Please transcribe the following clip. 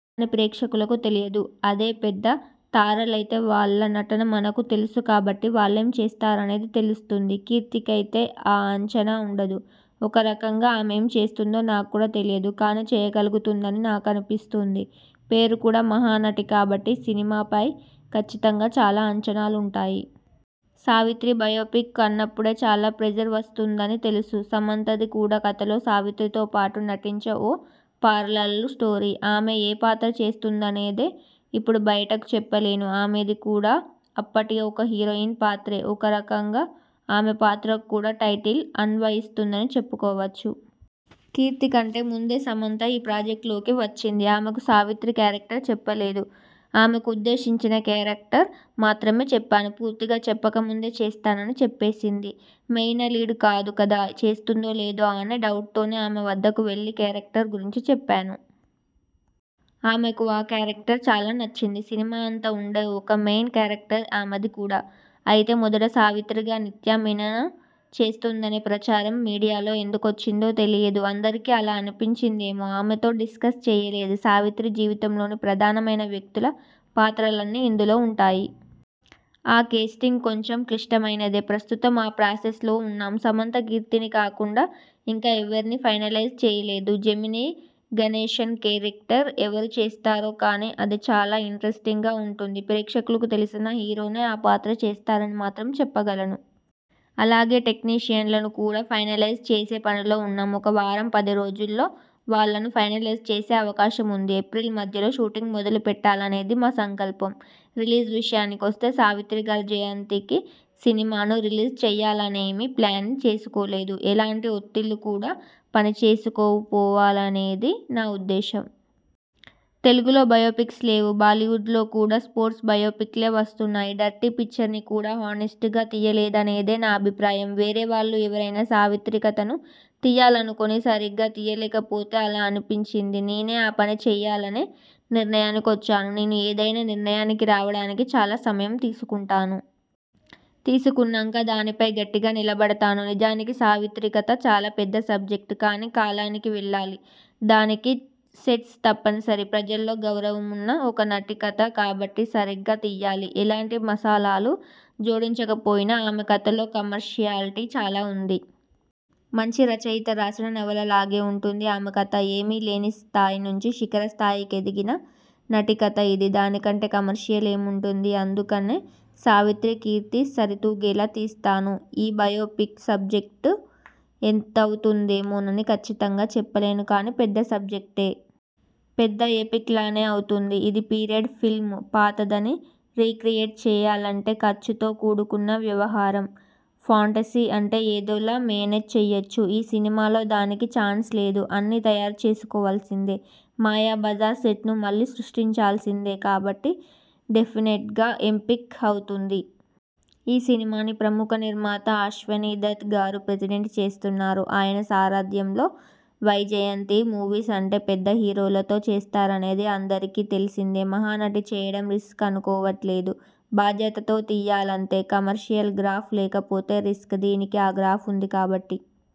కానీ ప్రేక్షకులకు తెలియదు. అదే పెద్ద తారలైతే, వాళ్ల నటన మనకు తెలుసు కాబట్టి వాళ్లేం చేస్తారనేది తెలుస్తుంది. కీర్తికైతే ఆ అంచనా ఉండదు. ఒక రకంగా ఆమేం చేస్తుందో నాక్కూడా తెలియదు. కానీ చేయగలుగుతుందని నాకనిపిస్తోంది. పేరు కూడా 'మహానటి' కాబట్టి సినిమాపై కచ్చితంగా చాలా అంచనాలుంటాయి. సావిత్రి బయోపిక్ అన్నప్పుడే చాలా ప్రెజర్ వస్తుందని తెలుసు. సమంతది కూడా కథలో సావిత్రితో పాటు నటించే ఒ పారలల్ స్టోరీ. ఆమె ఏ పాత్ర చేస్తుందనేది ఇప్పుడు బయటకు చెప్పలేను. ఆమెది కూడా అప్పటి ఒక హీరోయిన్ పాత్రే. ఒకరకంగా ఆమె పాత్రకు కూడా టైటిల్ అన్వయిస్తుందని చెప్పుకోవచ్చు. కీర్తి కంటే ముందే సమంత ఈ ప్రాజెక్ట్ లోకి వచ్చింది. ఆమెకు సావిత్రి కేరక్టర్ చెప్పలేదు. ఆమెకు ఉద్దేశించిన కేరక్టర్ మాత్రమే చెప్పాను. పూర్తిగా చెప్పకముందే చేస్తానని చెప్పేసింది. మెయిన లీడ్ కాదు కదా, చేస్తుందో లేదో అనే డౌట్తోనే ఆమె వద్దకు వెళ్లి కేరక్టర్ గురించి చెప్పాను. ఆమెకు ఆ కేరక్టర్ చాలా నచ్చింది. సినిమా అంతా ఉండే ఒక మెయిన్ కేరక్టర్ ఆమెది కూడా. అయితే మొదట సావిత్రిగా నిత్యా మీనన చేస్తోందనే ప్రచారం మీడియాలో ఎందుకొచ్చిందో తెలియదు. అందరికీ అలా అనిపించిందేమో. ఆమెతో డిస్కస్ చెయ్యలేదు. సావిత్రి జీవితంలోని ప్రధానమైన వ్యక్తుల పాత్రలన్నీ ఇందులో ఉంటాయి. ఆ కేస్టింగ్ కొంచెం క్లిష్టమైనదే. ప్రస్తుతం ఆ ప్రాసెస్ లోనే ఉన్నాం. సమంత, కీర్తిని కాకుండా ఇంకా ఎవర్నీ ఫైనలైజ్ చేయలేదు. జెమినీ గణేశన్ కేరక్టర్ ఎవరు చేస్తారో కానీ, అది చాలా ఇంటరెస్టింగ్గా ఉంటుంది. ప్రేక్షకులకు తెలిసిన హీరోనే ఆ పాత్ర చేస్తారని మాత్రం చెప్పగలను. అలాగే టెక్నీషియన్లను కూడా ఫైనలైజ్ చేసే పనిలో ఉన్నాం. ఒక వారం పది రోజుల్లో వాళ్లను ఫైనలైజ్ చేసే అవకాశం ఉంది. ఏప్రిల్ మధ్యలో షూటింగ్ మొదలు పెట్టాలనేది మా సంకల్పం. రిలీజ్ విషయానికొస్తే.. సావిత్రిగారి జయంతికి సినిమాను రిలీజ్ చెయ్యాలనేమీ ప్లాన్ చేసుకోలేదు. ఎలాంటి ఒత్తిళ్లూ కూడా పనిచేసుకోపోవాలనేది నా ఉద్దేశం. తెలుగులో బయోపిక్స్ లేవు. బాలీవుడ్లో కూడా స్పోర్ట్స్ బయోపిక్లే వస్తున్నాయి. 'డర్టీ పిక్చర్'ని కూడా హానెస్టుగా తియ్యలేదనేదే నా అభిప్రాయం. వేరే వాళ్లు ఎవరైనా సావిత్రి కథను తియ్యాలనుకొని, సరిగ్గా తీయలేకపోతే అలా అనిపించింది నేనే ఆ పని చెయ్యాలనే నిర్ణయానికొచ్చాను. నేను ఏదైనా నిర్ణయానికి రావడానికి చాలా సమయం తీసుకుంటాను. తీసుకున్నాంక దానిపై గట్టిగా నిలబడతాను. నిజానికి సావిత్రి కథ చాలా పెద్ద సబ్జెక్ట్. కానీ కాలానికి వెళ్లాలి. దానికి సెట్స్ తప్పనిసరి. ప్రజల్లో గౌరవమున్న ఒక నటి కథ కాబట్టి సరిగ్గా తియ్యాలి. ఎలాంటి మసాలాలూ జోడించక పోయినా ఆమె కథలో కమర్షియాలిటీ చాలా ఉంది. మంచి రచయిత రాసిన నవలలాగే ఉంటుంది ఆమె కథ. ఏమీలేని స్థాయి నుంచి శిఖర స్థాయికి ఎదిగిన నటి కథ ఇది. దానికంటే కమర్షియల్ ఏముంటుంది! అందుకనే సావిత్రి కీర్తి సరితూగేలా తీస్తాను. ఈ బయోపిక్ సబ్జెక్ట్ ఎంతవుతుందేమోనని కచ్చితంగా చెప్పలేను కానీ పెద్ద సబ్జెక్టే. పెద్ద ఎపిక్ లానే అవుతుంది. ఇది పీరియడ్ ఫిల్మ్. పాతదన్ని రీక్రియేట్ చేయాలంటే ఖర్చుతో కూడుకున్న వ్యవహారం. ఫాంటసీ అంటే ఏదోలా మేనేజ్ చేయొచ్చు. ఈ సినిమాలో దానికి ఛాన్స్ లేదు. అన్నీ తయారు చేసుకోవాల్సిందే. 'మాయాబజార్' సెట్ను మళ్లీ సృష్టించాల్సిందే. కాబట్టి డెఫినెట్గా ఎంపిక్ అవుతుంది. ఈ సినిమాని ప్రముఖ నిర్మాత అశ్వనీ దత్ గారు ప్రెజెడెంట్ చేస్తున్నారు. ఆయన సారథ్యంలోని వైజయంతీ మూవీస్ అంటే పెద్ద హీరోలతో చేస్తారనేది అందరికీ తెలిసిందే. 'మహానటి' చేయడం రిస్క్ అనుకోవట్లేదు. బాధ్యతతో తీయాలంతే. కమర్షియల్ గ్రాఫ్ లేకపోతే రిస్క్. దీనికి ఆ గ్రాఫ్ ఉంది కాబట్టి